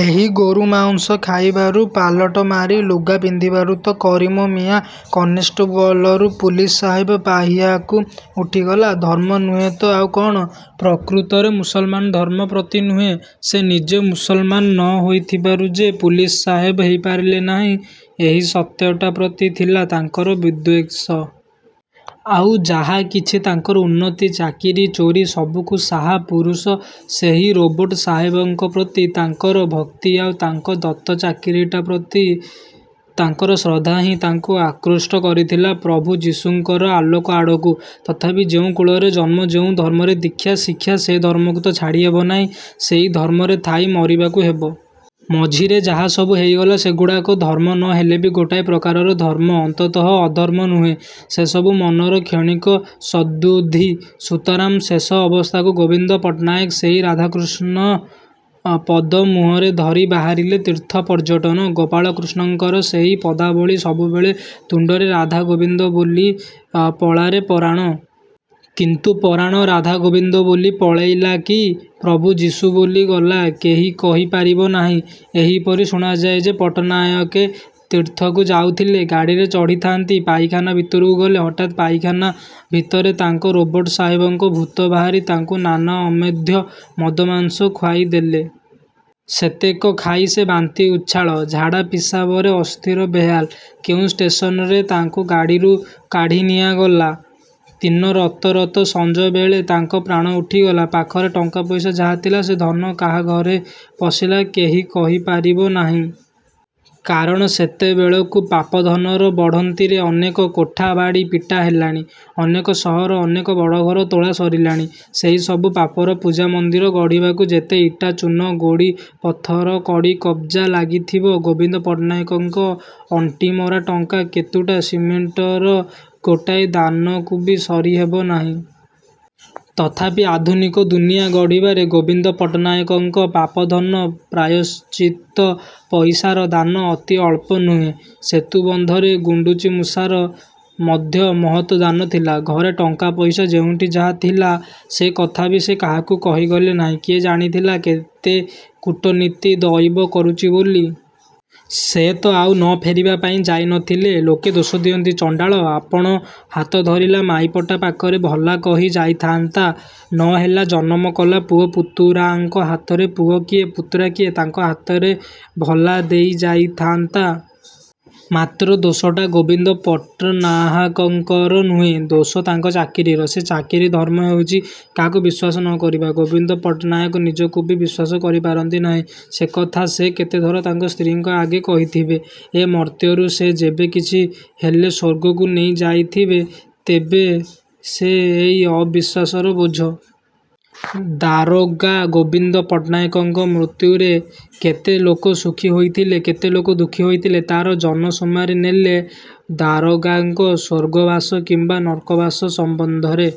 ଏହି ଗୋରୁ ମାଉଁସ ଖାଇବାରୁ; ପାଲଟ ମାରି ଲୁଗା ପିନ୍ଧିବାରୁ ତ କରିମ ମିଆଁ କନେଷ୍ଟବଲରୁ ପୁଲିସ ସାହେବ ପାହିଆକୁ ଉଠିଗଲା। ଧର୍ମ ନୁହେଁ ତ ଆଉ କ'ଣ? ପ୍ରକୃତରେ ମୁସଲମାନ ଧର୍ମ ପ୍ରତି ନୁହେଁ, ସେ ନିଜେ ମୁସଲମାନ ନ ହୋଇଥିବାରୁ ଯେ ପୁଲିସ ସାହେବ ହେଇ ପାରିଲେ ନାହିଁ, ଏହି ସତ୍ୟଟା ପ୍ରତି ଥିଲା ତାଙ୍କର ବିଦ୍ୱେଷ। ଆଉ ଯାହା କିଛି ତାଙ୍କର ଉନ୍ନତି, ଚାକିରି, ଚୋରି ସବୁକୁ ସାହା ପୁରୁଷ ସେହି ରବଟ ସାହେବଙ୍କ ପ୍ରତି ତାଙ୍କର ଭକ୍ତି ଆଉ ତାଙ୍କ ଦତ୍ତ ଚାକିରିଟା ପ୍ରତି ତାଙ୍କର ଶ୍ରଦ୍ଧାହିଁ ତାଙ୍କୁ ଆକୃଷ୍ଟ କରିଥିଲା ପ୍ରଭୁ ଯିଶୁଙ୍କର ଆଲୋକ ଆଡ଼କୁ। ତଥାପି ଯେଉଁ କୁଳରେ ଜନ୍ମ ଯେଉଁ ଧର୍ମରେ ଦୀକ୍ଷା ଶିକ୍ଷା ସେ ଧର୍ମକୁ ତ ଛାଡ଼ି ହେବ ନାହିଁ ସେଇ ଧର୍ମରେ ଥାଇ ମରିବାକୁ ହେବ। ମଝିରେ ଯାହାସବୁ ହେଇଗଲା, ସେଗୁଡ଼ାକ ଧର୍ମ ନ ହେଲେବି ଗୋଟାଏ ପ୍ରକାରର ଧର୍ମ ଅନ୍ତତଃ ଅଧର୍ମ ନୁହେଁ। ସେ ସବୁ ମନର କ୍ଷଣିକ ସଦ୍ବୁଦ୍ଧି। ସୁତରାଂ ଶେଷ ଅବସ୍ଥାକୁ ଗୋବିନ୍ଦ ପଟ୍ଟନାୟକ ସେଇ ରାଧାକୃଷ୍ଣ ପଦ ମୁହଁରେ ଧରି ବାହାରିଲେ ତୀର୍ଥ ପର୍ଯ୍ୟଟନ। ଗୋପାଳକୃଷ୍ଣଙ୍କର ସେଇ ପଦାବଳୀ ସବୁବେଳେ ତୁଣ୍ଡରେ ରାଧା ଗୋବିନ୍ଦ ବୋଲି ପଳାରେ ପରାଣ। '' କିନ୍ତୁ ପରାଣ ରାଧା ଗୋବିନ୍ଦ ବୋଲି ପଳେଇଲା କି ପ୍ରଭୁ ଯିଶୁ ବୋଲି ଗଲା କେହି କହି ପାରିବ ନାହିଁ। ଏହିପରି ଶୁଣାଯାଏ ଯେ ପଟ୍ଟନାୟକେ ତୀର୍ଥକୁ ଯାଉଥିଲେ। ଗାଡ଼ିରେ ଚଢ଼ିଥାନ୍ତି। ପାଇଖାନା ଭିତରକୁ ଗଲେ। ହଠାତ ପାଇଖାନା ଭିତରେ ତାଙ୍କ ରବଟ ସାହେବଙ୍କ ଭୂତ ବାହାରି ତାଙ୍କୁ ନାନା ଅମେଧ୍ୟ ମଦମାଂସ ଖୁଆଇ ଦେଲେ। ସେତେକ ଖାଇ ସେ ବାନ୍ତି ଉଚ୍ଛାଳ, ଝାଡ଼ା ପିସାବରେ ଅସ୍ଥିର ବେହାଲ୍। କେଉଁ ଷ୍ଟେସନରେ ତାଙ୍କୁ ଗାଡ଼ିରୁ କାଢ଼ି ନିଆଗଲା। ଦିନ ରତ ରତ ସଞ୍ଜବେଳେ ତାଙ୍କ ପ୍ରାଣ ଉଠିଗଲା। ପାଖରେ ଟଙ୍କାପଇସା ଯାହାଥିଲା ସେ ଧନ କାହାଘରେ ପଶିଲା କେହି କହି ପାରିବ ନାହିଁ। କାରଣ ସେତେବେଳକୁ ପାପ ଧନର ବଢ଼ନ୍ତିରେ ଅନେକ କୋଠା ବାଡ଼ି ପିଟା ହେଲାଣି। ଅନେକ ସହର, ଅନେକ ବଡ଼ଘର ତୋଳା ସରିଲାଣି। ସେଇ ସବୁ ପାପର ପୂଜା ମନ୍ଦିର ଗଢ଼ିବାକୁ ଯେତେ ଇଟା ଚୂନ ଗୋଡ଼ି ପଥର କଡ଼ି କବ୍ଜା ଲାଗିଥିବ ଗୋବିନ୍ଦ ପଟ୍ଟନାୟକଙ୍କ ଅଣ୍ଟିମରା ଟଙ୍କା କେତୁଟା ସିମେଣ୍ଟର ଗୋଟାଏ ଦାନକୁବି ସରିହେବ ନାହିଁ। ତଥାପି ଆଧୁନିକ ଦୁନିଆ ଗଢ଼ିବାରେ ଗୋବିନ୍ଦ ପଟ୍ଟନାୟକଙ୍କ ପାପ ଧନ ପ୍ରାୟଶ୍ଚିତ୍ତ ପଇସାର ଦାନ ଅତି ଅଳ୍ପ ନୁହେଁ। ସେତୁବନ୍ଧରେ ଗୁଣ୍ଡୁଚିମୂଷାର ମଧ୍ୟ ମହତ୍ ଦାନ ଥିଲା। ଘରେ ଟଙ୍କାପଇସା ଯେଉଁଠି ଯାହା ଥିଲା ସେ କଥାବି ସେ କାହାକୁ କହିଗଲେ ନାହିଁ। କିଏ ଜାଣିଥିଲା ଏତେ କୂଟନୀତି ଦଇବ କରୁଚି ବୋଲି? ସେ ତ ଆଉ ନ ଫେରିବାପାଇଁ ଯାଇ ନଥିଲେ। ଲୋକେ ଦୋଷ ଦିଅନ୍ତି ଚଣ୍ଡାଳ, ଆପଣ ହାତ ଧରିଲା ମାଇପଟା ପାଖରେ ଭଲା କହି ଯାଇଥାନ୍ତା। ନ ହେଲା ଜନମ କଲା ପୁଅ ପୁତୁରାଙ୍କ ହାତରେ ପୁଅ କିଏ ପୁତୁରା କିଏ ତାଙ୍କ ହାତରେ ଭଲା ଦେଇଯାଇଥାନ୍ତା! ମାତ୍ର ଦୋଷଟା ଗୋବିନ୍ଦ ପଟ୍ଟନାହାକଙ୍କର ନୁହେଁ ଦୋଷ ତାଙ୍କ ଚାକିରିର। ସେ ଚାକିରି ଧର୍ମ ହେଉଚି କାହାକୁ ବିଶ୍ୱାସ ନ କରିବା। ଗୋବିନ୍ଦ ପଟ୍ଟନାୟକ ନିଜକୁବି ବିଶ୍ୱାସ କରିପାରନ୍ତି ନାହିଁ। ସେ କଥା ସେ କେତେଥର ତାଙ୍କ ସ୍ତ୍ରୀଙ୍କ ଆଗେ କହିଥିବେ। ଏ ମର୍ତ୍ତ୍ୟରୁ ସେ ଯେବେ କିଛି ହେଲେ ସ୍ୱର୍ଗକୁ ନେଇ ଯାଇଥିବେ, ତେବେ ସେ ଏଇ ଅବିଶ୍ୱାସର ବୋଝ। ଦାରୋଗା ଗୋବିନ୍ଦ ପଟ୍ଟନାୟକଙ୍କ ମୃତ୍ୟୁରେ କେତେ ଲୋକ ସୁଖୀ ହୋଇଥିଲେ, କେତେ ଲୋକ ଦୁଃଖୀ ହୋଇଥିଲେ ତା'ର ଜନସୁମାରି ନେଲେ ଦାରୋଗାଙ୍କ ସ୍ୱର୍ଗବାସ କିମ୍ୱା ନର୍କବାସ ସମ୍ୱନ୍ଧରେ